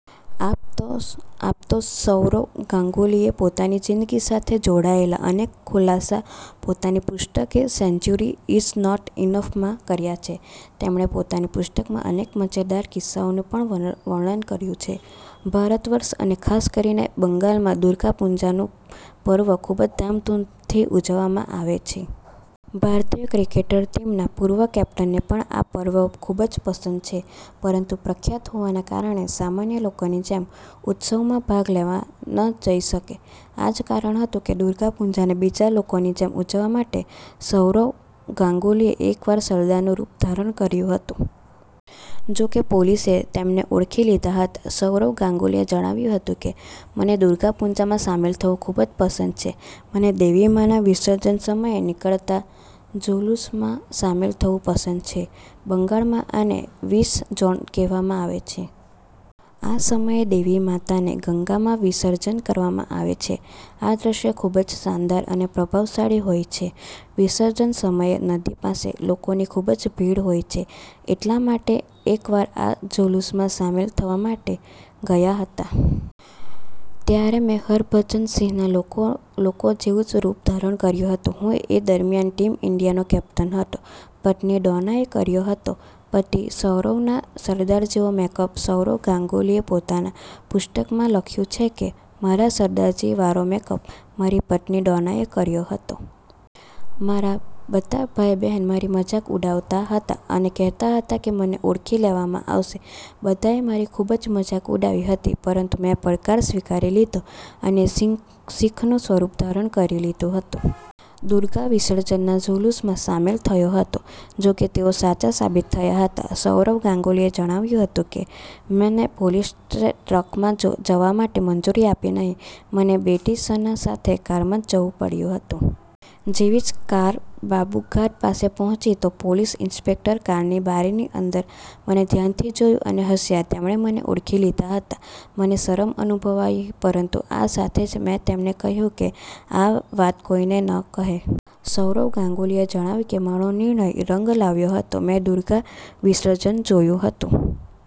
આમ તો સૌરવ ગાંગુલીએ પોતાની જિંદગી સાથે જોડાયેલા અનેક ખુલાસા પોતાની પુસ્તક a century is not enough માં કર્યા છે. તેમણે પોતાની પુસ્તકમાં અનેક મજેદાર કિસ્સાઓનું પણ વર્ણન કર્યું છે. ભારતવર્ષ અને ખાસકરીને બંગાલમાં દુર્ગા પુજાનું પર્વ ખુબજ ધામધૂમથી ઉજવવામાં આવે છે. ભારતીય ક્રિકેટર ટીમના પૂર્વ કેપ્ટનને પણ આ પર્વ ખુબ જ પસંદ છે. પરંતુ પ્રખ્યાત હોવાના કારણે સામાન્ય લોકોની જેમ ઉત્સવમાં ભાગ લેવા ન જઈ શકે. આ જ કારણ હતું કે દુર્ગા પૂજાને બીજા લોકોની જેમ ઉજવવા માટે સૌરવ ગાંગુલીએ એકવાર સરદારનું રૂપ ધારણ કર્યું હતું. જોકે, પોલીસે તેમને ઓળખી લીધા હતા. સૌરવ ગાંગુલીએ જણાવ્યું હતું કે મને દુર્ગા પૂજામાં સામેલ થવું ખુબ જ પસંદ છે. મને દેવીમાના વિસર્જન સમયે નીકળતા ઝુલૂસમાં સામેલ થવું પસંદ છે. બંગાળમાં આને વિશર્જોન કહેવામાં આવે છે. આ સમયે દેવી માતાને ગંગામાં વિષર્જન કરવામાં આવે છે. આ દ્રશ્ય ખુબ જ શાનદાર અને પ્રભાવશાળી હોય છે. વિસર્જન સમયે નદી પાસે લોકોની ખુબ જ ભીડ હોય છે. એટલા માટે એકવાર આ ઝુલૂસમાં સામેલ થવા માટે ગયા હતા. ત્યારે મે હરભજન સિંહના લોકો જેવું જ રૂપ ધારણ કર્યું હતું. હું એ દરમિયાન ટીમ ઇન્ડિયાનો કેપ્ટન હતો. પત્ની ડોનાએ કર્યો હતો પતિ સૌરવનો સરદાર જેવો મેકઅપ સૌરવ ગાંગુલીએ પોતાના પુસ્તકમાં લખ્યું છે કે મારા સરદારજી વાળો મેકઅપ મારી પત્ની ડોનાએ કર્યો હતો. મારા બધા ભાઈ બહેન મારી મજાક ઉડાવતા હતા અને કહેતા હતા કે મને ઓળખી લેવામાં આવશે. બધાએ મારી ખુબ જ મજાક ઉડાવી હતી. પરંતુ મેં પડકાર સ્વીકારી લીધો અને શિખનું સ્વરૂપ ધારણ કરી લીધું હતું. દુર્ગા વિસર્જનના ઝુલૂસમાં સામેલ થયો હતો. જોકે તેઓ સાચા સાબિત થયા હતા. સૌરવ ગાંગુલીએ જણાવ્યું હતું કે મેને પોલીસે ટ્રકમાં જવા માટે મંજૂરી આપી નહીં. મને બેટી સના સાથે કારમાં જ જવું પડ્યું હતું. જેવી જ કાર બાબૂઘાટ પાસે પહોંચી તો પોલીસ ઇન્સ્પેક્ટરે કારની બારીની અંદર મને ધ્યાનથી જોયું અને હસ્યા તેમણે મને ઓળખી લીધા હતા. મને શરમ અનુભવાઈ પરંતુ આ સાથે જ મે તેમને કહ્યું કે આ વાત કોઈને ન કહે. સૌરવ ગાંગુલીએ જણાવ્યું કે મારો નિર્ણય રંગ લાવ્યો હતો. મેં દુર્ગા વિસર્જન જોયું હતું.